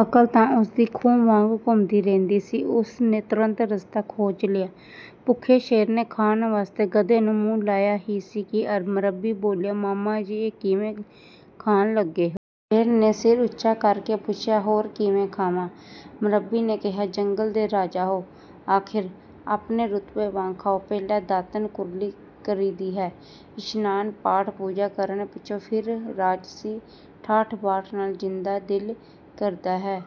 ਅਕਲ ਤਾਂ ਉਸ ਦੀ ਖੂਹ ਵਾਂਗ ਘੁੰਮਦੀ ਰਹਿੰਦੀ ਸੀ। ਉਸ ਨੇ ਤੁਰੰਤ ਰਸਤਾ ਖੋਜ ਲਿਆ। ਭੁੱਖੇ ਸ਼ੇਰ ਨੇ ਖਾਣ ਵਾਸਤੇ ਗਧੇ ਨੂੰ ਮੂੰਹ ਲਾਇਆ ਹੀ ਸੀ ਕਿ ਮਰੱਬੀ ਬੋਲਿਆ, "ਮਾਮਾ ਜੀ, ਇਹ ਕਿਵੇਂ ਖਾਣ ਲੱਗੇ? ਸ਼ੇਰ ਨੇ ਸਿਰ ਉੱਚਾ ਕਰ ਕੇ ਪੁੱਛਿਆ, "ਹੋਰ ਕਿਵੇਂ ਖਾਵਾਂ?" ਮਰੱਬੀ ਨੇ ਕਿਹਾ, "ਜੰਗਲ ਦੇ ਰਾਜਾ ਹੋ ਆਖਰ, ਆਪਣੇ ਰੁਤਬੇ ਵਾਂਗ ਖਾਓ। ਪਹਿਲਾਂ ਦਾਤਣ-ਕੁਰਲੀ ਕਰੀਦੀ ਹੈ, ਇਸ਼ਨਾਨ, ਪਾਠ-ਪੂਜਾ ਕਰਨ ਪਿੱਛੋਂ ਫਿਰ ਰਾਜਸੀ ਠਾਠ-ਬਾਠ ਨਾਲ ਜਿੰਦਾ ਦਿਲ ਕਰਦਾ ਹੈ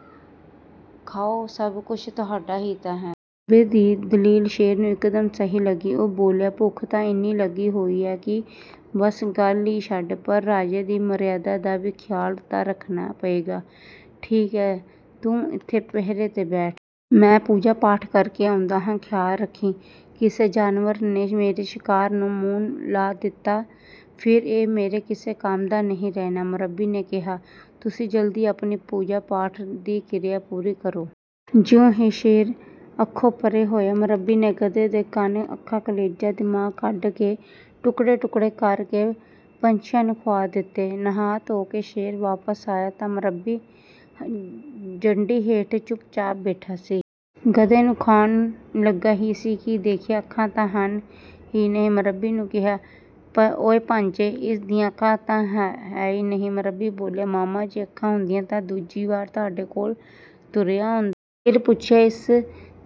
ਖਾਓ, ਸਭ ਕੁਝ ਤੁਹਾਡਾ ਹੀ ਤਾਂ ਹੈ।" ਵਿਰਦੀ ਦਲੀਲ ਸ਼ੇਰ ਨੂੰ ਇੱਕਦਮ ਸਹੀ ਲੱਗੀ। ਓਹ ਬੋਲਿਆ, "ਭੁੱਖ ਤਾਂ ਇੰਨੀ ਲੱਗੀ ਹੋਈ ਹੈ ਕਿ ਬੱਸ ਗੱਲ ਹੀ ਛੱਡ, ਪਰ ਰਾਜੇ ਦੀ ਮਰਿਆਦਾ ਦਾ ਵੀ ਖਿਆਲ ਤਾਂ ਰੱਖਣਾ ਪਏਗਾ। ਠੀਕ ਹੈ, ਤੂੰ ਇੱਥੇ ਪਹਿਰੇ ਤੇ ਬੈਠ। ਮੈਂ ਪੂਜਾ-ਪਾਠ ਕਰ ਕੇ ਆਉਂਦਾ ਹਾਂ। ਖਿਆਲ ਰੱਖੀਂ, ਕਿਸੇ ਜਾਨਵਰ ਨੇ ਮੇਰੇ ਸ਼ਿਕਾਰ ਨੂੰ ਮੂੰਹ ਲਾ ਦਿੱਤਾ, ਫਿਰ ਇਹ ਮੇਰੇ ਕਿਸੇ ਕੰਮ ਦਾ ਨਹੀਂ ਰਹਿਣਾ।" ਮਰੱਬੀ ਨੇ ਕਿਹਾ, "ਤੁਸੀਂ ਜਲਦੀ ਆਪਣੀ ਪੂਜਾ-ਪਾਠ ਦੀ ਕਿਰਿਆ ਪੂਰੀ ਕਰੋ।" ਜਿਉਂ ਹੀ ਸ਼ੇਰ ਅੱਖੋਂ ਪਰ੍ਹੇ ਹੋਇਆ, ਮਰੱਬੀ ਨੇ ਗਧੇ ਦੇ ਕੰਨ, ਅੱਖਾਂ, ਕਲੇਜਾ, ਦਿਮਾਗ ਕੱਢ ਕੇ ਟੁਕੜੇ-ਟੁਕੜੇ ਕਰ ਕੇ ਪੰਛੀਆਂ ਨੂੰ ਖੁਆ ਦਿੱਤੇ। ਨਹਾ-ਧੋ ਕੇ ਸ਼ੇਰ ਵਾਪਸ ਆਇਆ ਤਾਂ ਮਰੱਬੀ ਜੰਡੀ ਹੇਠ ਚੁੱਪ-ਚਾਪ ਬੈਠਾ ਸੀ। ਗਧੇ ਨੂੰ ਖਾਣ ਲੱਗਾ ਹੀ ਸੀ ਕਿ ਦੇਖਿਆ, ਅੱਖਾਂ ਤਾਂ ਹਨ ਹੀ ਨਹੀਂ। ਮਰੱਬੀ ਨੂੰ ਕਿਹਾ, ਪ ਓਏ ਭਾਣਜੇ, ਇਸ ਦੀਆਂ ਅੱਖਾਂ ਤਾਂ ਹੈ ਈ ਨਹੀਂ?" ਮਰੱਬੀ ਬੋਲਿਆ, "ਮਾਮਾ ਜੀ, ਅੱਖਾਂ ਹੁੰਦੀਆਂ ਤਾਂ ਦੂਜੀ ਵਾਰ ਤੁਹਾਡੇ ਕੋਲ ਤੁਰਿਆ ਆਉਂ ਫਿਰ ਪੁੱਛਿਆ, "ਇਸ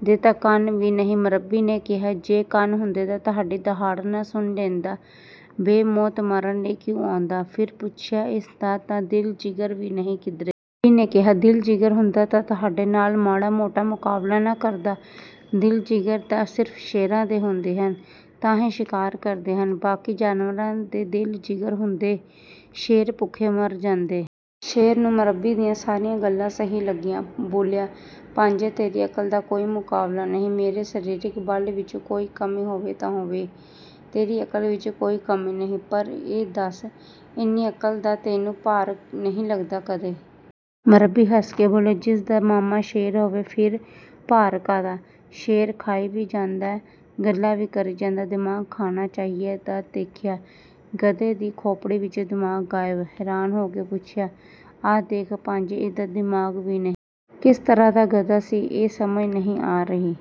ਦੇ ਤਾਂ ਕੰਨ ਵੀ ਨਹੀਂ?" ਮਰੱਬੀ ਨੇ ਕਿਹਾ, "ਜੇ ਕੰਨ ਹੁੰਦੇ ਤਾਂ ਤੁਹਾਡੀ ਦਹਾੜ ਨਾ ਸੁਣ ਲੈਂਦਾ? ਬੇਮੌਤ ਮਰਨ ਲਈ ਕਿਉਂ ਆਉਂਦਾ?" ਫਿਰ ਪੁੱਛਿਆ, "ਇਸ ਦਾ ਤਾਂ ਦਿਲ-ਜਿਗਰ ਵੀ ਨਹੀਂ ਕਿਧਰੇ?" ਮਰੱਬੀ ਨੇ ਕਿਹਾ, "ਦਿਲ-ਜਿਗਰ ਹੁੰਦਾ ਤਾਂ ਤੁਹਾਡੇ ਨਾਲ ਮਾੜਾ-ਮੋਟਾ ਮੁਕਾਬਲਾ ਨਾ ਕਰਦਾ? ਦਿਲ-ਜਿਗਰ ਤਾਂ ਸਿਰਫ਼ ਸ਼ੇਰਾਂ ਦੇ ਹੁੰਦੇ ਹਨ, ਤਾਂ ਹੀ ਸ਼ਿਕਾਰ ਕਰਦੇ ਹਨ। ਬਾਕੀ ਜਾਨਵਰਾਂ ਦੇ ਦਿਲ-ਜਿਗਰ ਹੁੰਦੇ, ਸ਼ੇਰ ਭੁੱਖੇ ਮਰ ਜਾਂਦੇ!" ਸ਼ੇਰ ਨੂੰ ਮਰੱਬੀ ਦੀਆਂ ਸਾਰੀਆਂ ਗੱਲਾਂ ਸਹੀ ਲੱਗੀਆਂ, ਬੋਲਿਆ, "ਭਾਣਜੇ, ਤੇਰੀ ਅਕਲ ਦਾ ਕੋਈ ਮੁਕਾਬਲਾ ਨਹੀਂ। ਮੇਰੇ ਸਰੀਰਕ ਬਲ ਵਿੱਚ ਕੋਈ ਕਮੀ ਹੋਵੇ ਤਾਂ ਹੋਵੇ, ਤੇਰੀ ਅਕਲ ਵਿੱਚ ਕੋਈ ਕਮੀ ਨਹੀਂ। ਪਰ ਇਹ ਦੱਸ, ਇੰਨੀ ਅਕਲ ਦਾ ਤੈਨੂੰ ਭਾਰ ਨਹੀਂ ਲੱਗਦਾ ਕਦੇ?" ਮਰੱਬੀ ਹੱਸ ਕੇ ਬੋਲਿਆ, "ਜਿਸ ਦਾ ਮਾਮਾ ਹੋਵੇ ਸ਼ੇਰ, ਫਿਰ ਭਾਰ ਕਾਹਦਾ?" ਸ਼ੇਰ, ਖਾਈ ਵੀ ਜਾਂਦਾ, ਗੱਲਾਂ ਵੀ ਕਰੀ ਜਾਂਦਾ। ਦਿਮਾਗ ਖਾਣਾ ਚਾਹਿਆ ਤਾਂ ਦੇਖਿਆ, ਗਧੇ ਦੀ ਖੋਪੜੀ ਵਿੱਚੋਂ ਦਿਮਾਗ ਗਾਇਬ ਹੈ। ਹੈਰਾਨ ਹੋ ਕੇ ਪੁੱਛਿਆ, "ਆਹ ਦੇਖ ਭਾਣਜੇ, ਇਸ ਦਾ ਦਿਮਾਗ ਵੀ ਨਹੀਂ। ਕਿਸ ਤਰ੍ਹਾਂ ਦਾ ਗਧਾ ਸੀ ਇਹ, ਸਮਝ ਨਹੀਂ ਆ ਰਹੀ?"